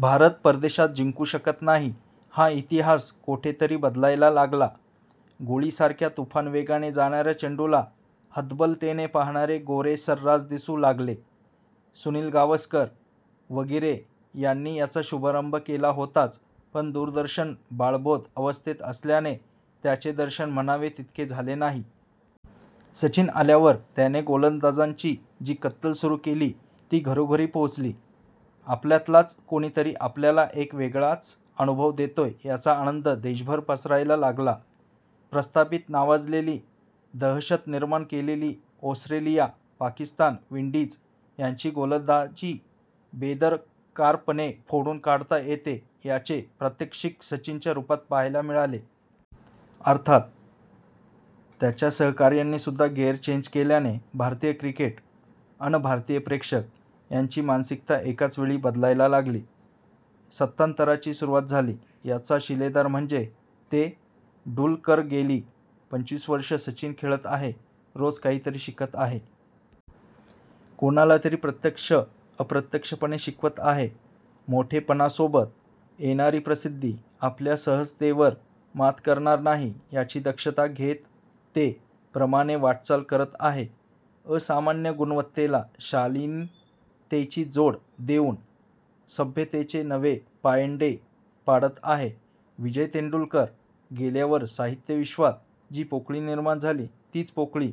भारत परदेशात जिंकू शकत नाही हा इतिहास कोठेतरी बदलायला लागला. गोळी सारख्या तुफान वेगाने जाणाऱ्या चेंडूला हतबलतेने पाहणारे गोरे सर्रास दिसू लागले. सुनील गावस्कर वगिरे यांनी याचा शुभारंभ केला होताच पण दूरदर्शन बाळबोध अवस्थेत असल्याने त्याचे दर्शन म्हणावे तितके झाले नाही. सचिन आल्यावर त्याने गोलंदाजांची जी कत्तल सुरु केली ती घरोघरी पोहोचली. आपल्यातलाच कोणीतरी आपल्याला एक वेगळाच अनुभव देतोय याचा आनंद देशभर पसरायला लागला. प्रस्थापीत, नावाजलेली, दहशतनिर्माण केलेली ओस्त्रेलिया, पाकिस्तान, विंडीज यांची गोलंदाजी बेदरकारपणे फोडून काढता येते याचे प्रात्यक्षिक सचिन च्या रुपात पहायला मिळाले. अर्थात त्याच्या सहकार्यांनी सुद्धा गिअर चेंज केल्याने भारतीय क्रिकेट अन भारतीय प्रेक्षक यांची मानसिकता एकाच वेळी बदलायला लागली. सत्तांतराची सुरुवात झाली.. याचा शिलेदार म्हणजे 'तें ' डूलकरगेली पंचवीस वर्षे सचिन खेळत आहे. रोज काहीतरी शिकत आहे. कोणालातरी प्रत्यक्ष -अप्रत्यक्षपणे शिकवत आहे. मोठेपणासोबत येणारी प्रसिद्धी आपल्या सहजतेवर मात करणार नाही याची दक्षता घेत 'तें ' प्रमाणे वाटचाल करत आहे. असामान्य गुणवत्तेला शालिनतेची जोड देऊन सभ्यतेचे नवे पायंडे पाडत आहे. विजय तेंडूलकर गेल्यावर साहित्य विश्वात जी पोकळी निर्माण झाली तीच पोकळी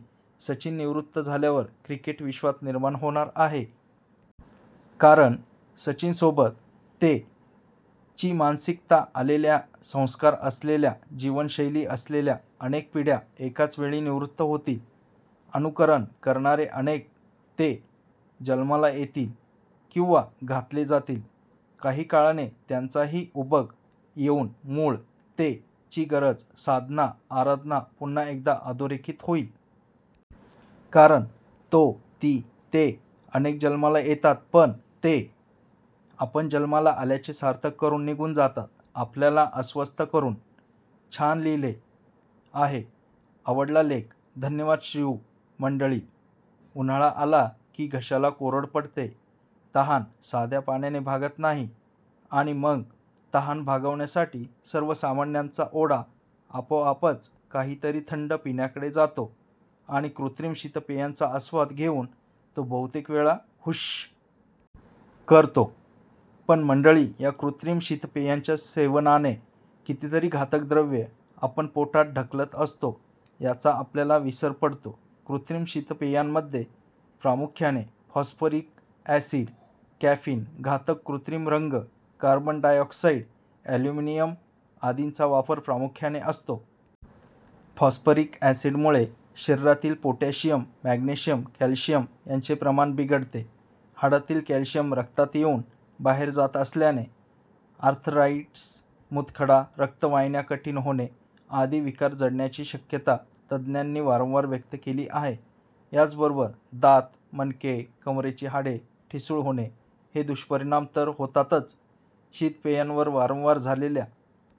सचिन निवृत्त झाल्यावर क्रिकेट विश्वात निर्माण होणार आहे. कारण सचिन सोबत 'तें ' ची मानसिकता असलेल्या, संस्कार असलेल्या, जीवनशैली असलेल्या अनेक पिढ्या एकाच वेळी निवृत्त होतील.. अनुकरण करणारे अनेक 'तें ' जन्माला येतील किंवा घातले जातील. काही काळाने त्यांचाही उबग येउन मूळ 'तें ' ची गरज, साधना, आराधना पुन्हा एकदा अधोरेखित होईल. कारण तो, ती, ते अनेक जन्माला येतात पण 'तें '?? आपण जन्माला आल्याचे सार्थक करून निघून जातातआपल्याला अस्वस्थ करून..!! छान लिहिले आहेआवडला लेख. धन्यवाद श्रीयू मंडळी, उन्हाळा आला की घशाला कोरड पडते, तहान साध्या पाण्याने भागत नाही आणि मग तहान भागवण्यासाठी सर्वसामान्यांचा ओढा आपोआपच काहीतरी थंड पिण्याकडे जातो आणि कृत्रिम शीतपेयांचा आस्वाद घेऊन तो बहुतेक वेळा हुश्श.. करतो. पण मंडळी, या कृत्रिम शीतपेयांच्या सेवनाने कितीतरी घातक द्रव्ये आपण पोटात ढकलत असतो याचा आपल्याला विसर पडतो. कृत्रिम शीतपेयांमध्ये प्रामुख्याने फॉस्फरिक अॅसिड, कॅफीन, घातक कृत्रिम रंग, कार्बन डायऑक्साईड, अॅल्युमिनियम आदींचा वापर प्रामुख्याने असतो. फॉस्फरिक अॅसिडमुळे शरीरातील पोटॅशियम, मॅग्नेशियम, कॅल्शियम यांचे प्रमाण बिघडते. हाडातील कॅल्शियम रक्तात येऊन बाहेर जात असल्याने आर्थरायटिस, मूतखडा, रक्तवाहिन्या कठीण होणे आदी विकार जडण्याची शक्यता तज्ज्ञांनी वारंवार व्यक्त केली आहे. याचबरोबर दात, मणके, कमरेची हाडे ठिसूळ होणे हे दुष्परिणाम तर होतातच. शीतपेयांवर वारंवार झालेल्या